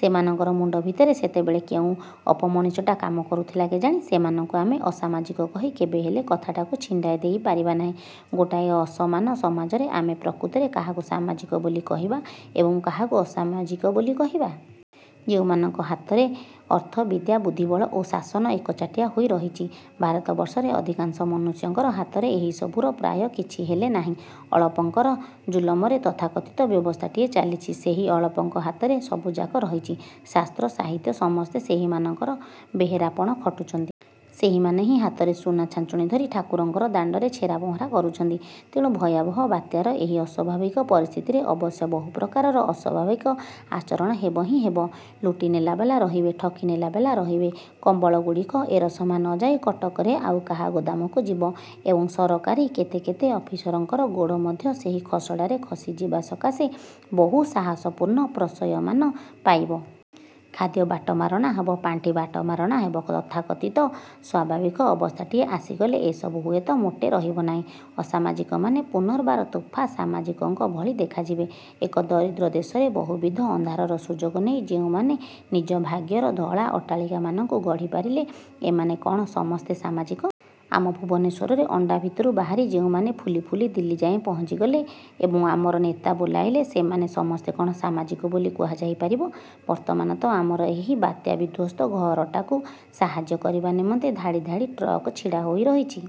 ସେମାନଙ୍କର ମୁଣ୍ଡ ଭିତରେ ସେତେବେଳେ କେଉଁ ଅପମଣିଷଟା କାମ କରୁଥିଲା କେଜାଣି? ସେମାନଙ୍କୁ ଆମେ ଅସାମାଜିକ କହି କେବେହେଲେ କଥାଟାକୁ ଛିଣ୍ଡାଇ ଦେଇ ପାରିବା ନାହିଁ। ଗୋଟାଏ ଅସମାନ ସମାଜରେ ଆମେ ପ୍ରକୃତରେ କାହାକୁ ସାମାଜିକ ବୋଲି କହିବା ଏବଂ କାହାକୁ ଅସାମାଜିକ ବୋଲି କହିବା? ଯେଉଁମାନଙ୍କ ହାତରେ ଅର୍ଥ, ବିଦ୍ୟା, ବୁଦ୍ଧିବଳ ଓ ଶାସନ ଏକଚାଟିଆ ହୋଇ ରହିଛି |ଭାରତବର୍ଷରେ ଅଧିକାଂଶ ମନୁଷ୍ୟଙ୍କର ହାତରେ ଏହିସବୁରୁ ପ୍ରାୟ କିଛିହେଲେ ନାହିଁ। ଅଳପଙ୍କର ଜୁଲମରେ ତଥାକଥିତ ବ୍ୟବସ୍ଥାଟିଏ ଚାଲିଛି। ସେହି ଅଳପଙ୍କ ହାତରେ ସବୁଯାକ ରହିଛି। ଶାସ୍ତ୍ର, ସାହିତ୍ୟ ସମସ୍ତେ ସେହିମାନଙ୍କର ବେହେରାପଣ ଖଟୁଛନ୍ତି। ସେହିମାନେ ହିଁ ହାତରେ ସୁନାଛାଞ୍ଚୁଣି ଧରି ଠାକୁରଙ୍କର ଦାଣ୍ଡରେ ଛେରାପହଁରା କରୁଛନ୍ତି। ତେଣୁ, ଭୟାବହ ବାତ୍ୟାର ଏହି ଅସ୍ୱାଭାବିକ ପରିସ୍ଥିତିରେ, ଅବଶ୍ୟ ବହୁ ପ୍ରକାରର ଅସ୍ୱାଭାବିକ ଆଚରଣ ହେବ ହିଁ ହେବ। ଲୁଟି ନେଲାବାଲା ରହିବେ, ଠକି ନେଲାବାଲା ରହିବେ, କମ୍ବଳଗୁଡ଼ିକ ଏରସମା ନଯାଇ କଟକରେ ଆଉ କାହା ଗୋଦାମକୁ ଯିବ ଏବଂ ସରକାରୀ କେତେ କେତେ ଅଫିସରଙ୍କର ଗୋଡ଼ ମଧ୍ୟ ସେହି ଖସଡ଼ାରେ ଖସି ଯିବା ସକାଶେ ବହୁ ସାହସପୂର୍ଣ୍ଣ ପ୍ରଶ୍ରୟମାନ ପାଇବ। ଖାଦ୍ୟ ବାଟମାରଣା ହେବ, ପାଣ୍ଠି ବାଟମାରଣା ହେବ। ତଥାକଥିତ ସ୍ୱାଭାବିକ ଅବସ୍ଥାଟିଏ ଆସିଗଲେ ଏସବୁ ହୁଏତ ମୋଟେ ରହିବନାହିଁ। ଅସାମାଜିକମାନେ ପୁନର୍ବାର ତୋଫା ସାମାଜିକଙ୍କ ଭଳି ଦେଖାଯିବେ। ଏକ ଦରିଦ୍ର ଦେଶରେ ବହୁବିଧ ଅନ୍ଧାରର ସୁଯୋଗ ନେଇ ଯେଉଁମାନେ ନିଜ ଭାଗ୍ୟର ଧଳା ଅଟ୍ଟାଳିକାମାନଙ୍କୁ ଗଢ଼ି ପାରିଲେ, ଏମାନେ କ'ଣ ସମସ୍ତେ ସାମାଜିକ? ଆମ ଭୁବନେଶ୍ୱରରେ ଅଣ୍ଡା ଭିତରୁ ବାହାରି ଯେଉଁମାନେ ଫୁଲି ଫୁଲି ଦିଲ୍ଲୀଯାଏ ପହଞ୍ଚିଗଲେ ଏବଂ ଆମର ନେତା ବୋଲାଇଲେ, ସେମାନେ ସମସ୍ତେ କ'ଣ ସାମାଜିକ ବୋଲି କୁହାଯାଇ ପାରିବ? ବର୍ତ୍ତମାନ ତ ଆମର ଏହି ବାତ୍ୟାବିଧ୍ୱସ୍ତ ଘରଟାକୁ ସାହାଯ୍ୟ କରିବା ନିମନ୍ତେ, ଧାଡ଼ି ଧାଡ଼ି ଟ୍ରକ୍ ଛିଡ଼ା ହୋଇରହିଛି।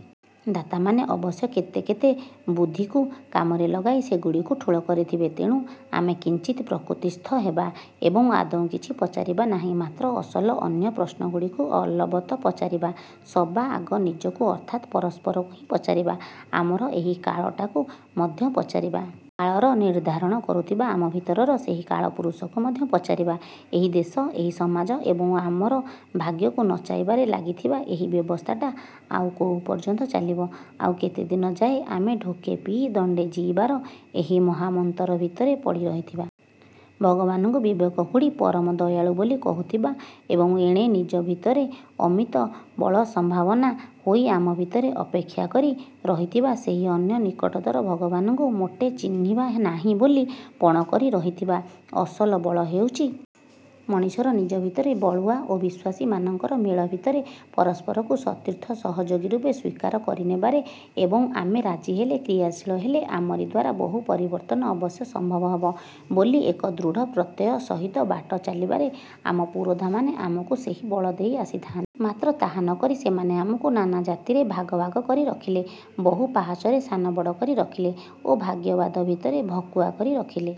ଦାତାମାନେ ଅବଶ୍ୟ କେତେକେତେ ବୁଦ୍ଧିକୁ କାମରେ ଲଗାଇ ସେଗୁଡ଼ିକୁ ଠୁଳ କରିଥିବେ। ତେଣୁ, ଆମେ କିଞ୍ଚିତ୍ ପ୍ରକୃତିସ୍ଥ ହେବା ଏବଂ ଆଦୌ କିଛି ପଚାରିବା ନାହିଁ। ମାତ୍ର, ଅସଲ ଅନ୍ୟ ପ୍ରଶ୍ନଗୁଡ଼ିକୁ ଅଲବତ ପଚାରିବା। ସବା ଆଗ ନିଜକୁ ଅର୍ଥାତ୍ ପରସ୍ପରକୁ ହିଁ ପଚାରିବା। ଆମର ଏହି କାଳଟାକୁ ମଧ୍ୟ ପଚାରିବା। କାଳର ନିର୍ଦ୍ଧାରଣ କରୁଥିବା, ଆମ ଭିତରର ସେହି କାଳପୁରୁଷକୁ ମଧ୍ୟ ପଚାରିବା ଏହି ଦେଶ, ଏହି ସମାଜ ଏବଂ ଆମର ଭାଗ୍ୟକୁ ନଚାଇବାରେ ଲାଗିଥିବା ଏହି ବ୍ୟବସ୍ଥାଟା ଆଉ କୋଉ ପର୍ଯ୍ୟନ୍ତ ଚାଲିବ? ଆଉ କେତେଦିନ ଯାଏ ଆମେ ଢୋକେ ପିଇ, ଦଣ୍ଡେ ଜୀଇବାର ଏହି ମହାମନ୍ତର ଭିତରେ ପଡ଼ି ରହିଥିବା? ଭଗବାନଙ୍କୁ ବିବେକ ହୁଡ଼ି ପରମ ଦୟାଳୁ ବୋଲି କହୁଥିବା ଏବଂ ଏଣେ ନିଜ ଭିତରେ ଅମିତ ବଳସମ୍ଭାବନା ହୋଇ ଆମ ଭିତରେ ଅପେକ୍ଷା କରି ରହିଥିବା ସେହି ଅନ୍ୟ ନିକଟତର ଭଗବାନଙ୍କୁ ମୋଟେ ଚିହିଁବା ନାହିଁ ବୋଲି ପଣ କରି ରହିଥିବା? ଅସଲ ବଳ ହେଉଛି ମଣିଷର ନିଜ ଭିତରେ, ବଳୁଆ ଓ ବିଶ୍ୱାସୀ ମାନଙ୍କର ମେଳ ଭିତରେ, ପରସ୍ପରକୁ ସତୀର୍ଥ ସହଯୋଗୀ ରୂପେ ସ୍ୱୀକାର କରିନେବାରେ ଏବଂ ଆମେ ରାଜି ହେଲେ, କ୍ରିୟାଶୀଳ ହେଲେ ଆମରି ଦ୍ୱାରା ବହୁ ପରିବର୍ତ୍ତନ ଅବଶ୍ୟ ସମ୍ଭବ ହେବ, ବୋଲି ଏକ ଦୃଢ଼ ପ୍ରତ୍ୟୟ ସହିତ ବାଟ ଚାଲିବାରେ, ଆମ ପୁରୋଧାମାନେ ଆମକୁ ସେହି ବଳ ଦେଇ ଆସିଥାନ୍ତେ। ମାତ୍ର, ତାହା ନକରି ସେମାନେ ଆମକୁ ନାନା ଜାତିରେ ଭାଗ ଭାଗ କରି ରଖିଲେ, ବହୁ ପାହାଚରେ ସାନବଡ଼ କରି ରଖିଲେ ଓ ଭାଗ୍ୟବାଦ ଭିତରେ ଭକୁଆ କରି ରଖିଲେ।